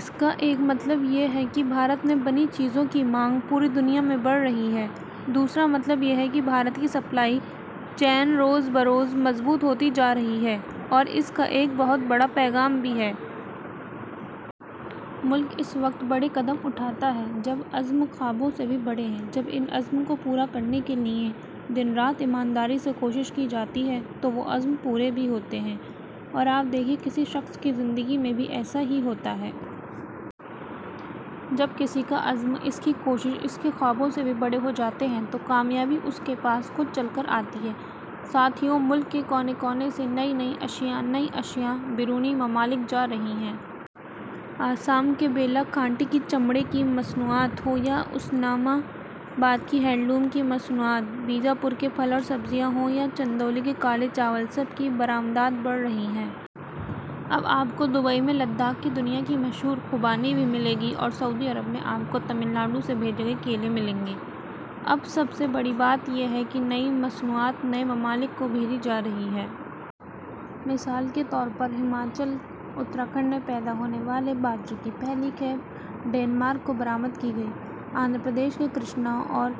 اس کا ایک مطلب یہ ہے کہ بھارت میں بنی چیزوں کی مانگ پوری دنیا میں بڑھ رہی ہے، دوسرا مطلب یہ ہے کہ بھارت کی سپلائی چین روز بروز مضبوط ہوتی جارہی ہے اور اس کا ایک بہت بڑا پیغام بھی ہے۔ ملک اس وقت بڑے قدم اٹھاتا ہے ، جب عز م خوابوں سے بھی بڑے ہوں۔ جب ان عزم کو پورا کرنے کے لئے دن رات ایمانداری سے کوشش کی جاتی ہے تو وہ عزم پورے بھی ہوتے ہیں اور آپ دیکھیئے ، کسی شخص کی زندگی میں بھی ایسا ہی ہوتا ہے ۔ جب کسی کا عزم، اس کی کوشش ، اس کے خوابوں سے بھی بڑے ہو جاتے ہیں تو کامیابی ، اُس کے پاس خود چل کر آتی ہے۔ ساتھیو ، ملک کے کونے کونے سے نئی اشیاء نئی اشیا بیرونی ممالک جا رہی ہیں ۔ آسام کے ہیلا کانڈی کی چمڑے کی مصنوعات ہوں یا عثمان آباد کی ہینڈلوم کی مصنوعات، بیجاپور کے پھل اور سبزیاں ہوں یا چندولی کے کالے چاول، سب کی برآمدات بڑھ رہی ہے ۔ اب، آپ کو دوبئی میں لداخ کی دنیا کی مشہور خوبانی بھی ملے گی اور سعودی عرب میں، آپ کو تمل ناڈو سے بھیجے گئے کیلے ملیں گے۔ اب سب سے بڑی بات یہ ہے کہ نئی مصنوعات نئے ممالک کو بھیجی جا رہی ہیں۔ مثال کے طور پر، ہماچل، اتراکھنڈ میں پیدا ہونے والے باجرے کی پہلی کھیپ ڈنمارک کو برآمد کی گئی۔ آندھرا پردیش کے کرشنا اور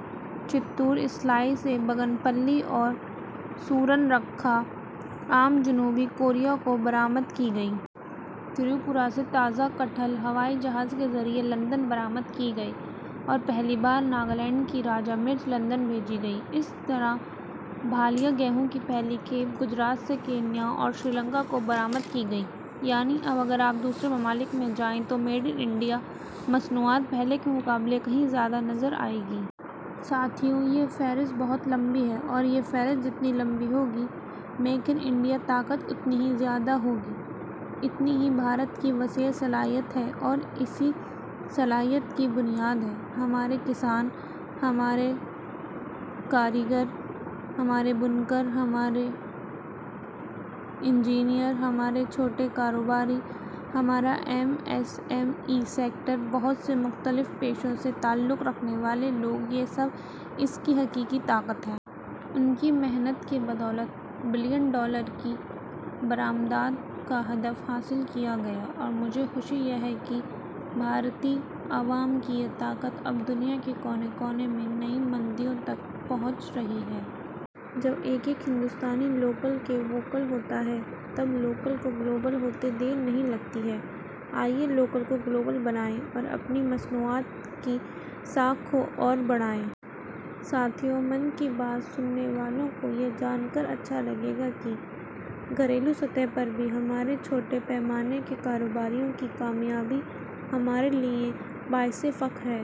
چتور اضلاع سے بنگن پلیّ اور سورن رِکھا آم جنوبی کوریا کو برآمد کئے گئے ۔ تری پورہ سے تازہ کٹہل ہوائی جہاز کے ذریعے لندن برآمد کئے گئے اور پہلی بار ناگالینڈ کی راجہ مرچ لندن بھیجی گئی ۔ اسی طرح بھالیا گیہوں کی پہلی کھیپ گجرات سے کینیا اور سری لنکا کو برآمد کی گئی یعنی اب اگر آپ دوسرے ممالک میں جائیں تو میڈ ان انڈیا مصنوعات پہلے کے مقابلے کہیں زیادہ نظر آئیں گی۔ ساتھیو ، یہ فہرست بہت لمبی ہے اور یہ فہرست جتنی لمبی ہوگی، میک ان انڈیا کی طاقت اتنی ہی زیادہ ہوگی، اتنی ہی بھارت کی وسیع صلاحیت ہے اور اس صلاحیت کی بنیاد ہیں – ہمارے کسان، ہمارے کاریگر، ہمارے بُنکر، ہمارے انجینئر ، ہمارے چھوٹے کاروباری، ہمارا M S M E sector, بہت سے مختلف پیشوں سے تعلق رکھنے والے لوگ، یہ سب اس کی حقیقی طاقت ہیں۔ ان کی محنت کی بدولت بلین ڈالر کی برآمدات کا ہدف حاصل کیا گیا ہے اور مجھے خوشی ہے کہ بھارتی عوام کی یہ طاقت اب دنیا کے کونے کونے میں نئی منڈیوں تک پہنچ رہی ہے۔ جب ایک ایک ہندوستانی لوکل کے ووکل ہوتا ہے ، تب لوکل کو گلوبل ہوتے دیر نہیں لگتی ہے ۔ آئیے لوکل کو گلوبل بنائیں اور اپنی مصنوعات کی ساکھ کو اور بڑھائیں ۔ ساتھیو ،' من کی بات ' کے سننے والوں کو یہ جان کر اچھا لگے گا کہ گھریلو سطح پر بھی ہمارے چھوٹے پیمانے کے کاروباریوں کی کامیابی ہمارے لئے باعث فخر ہے۔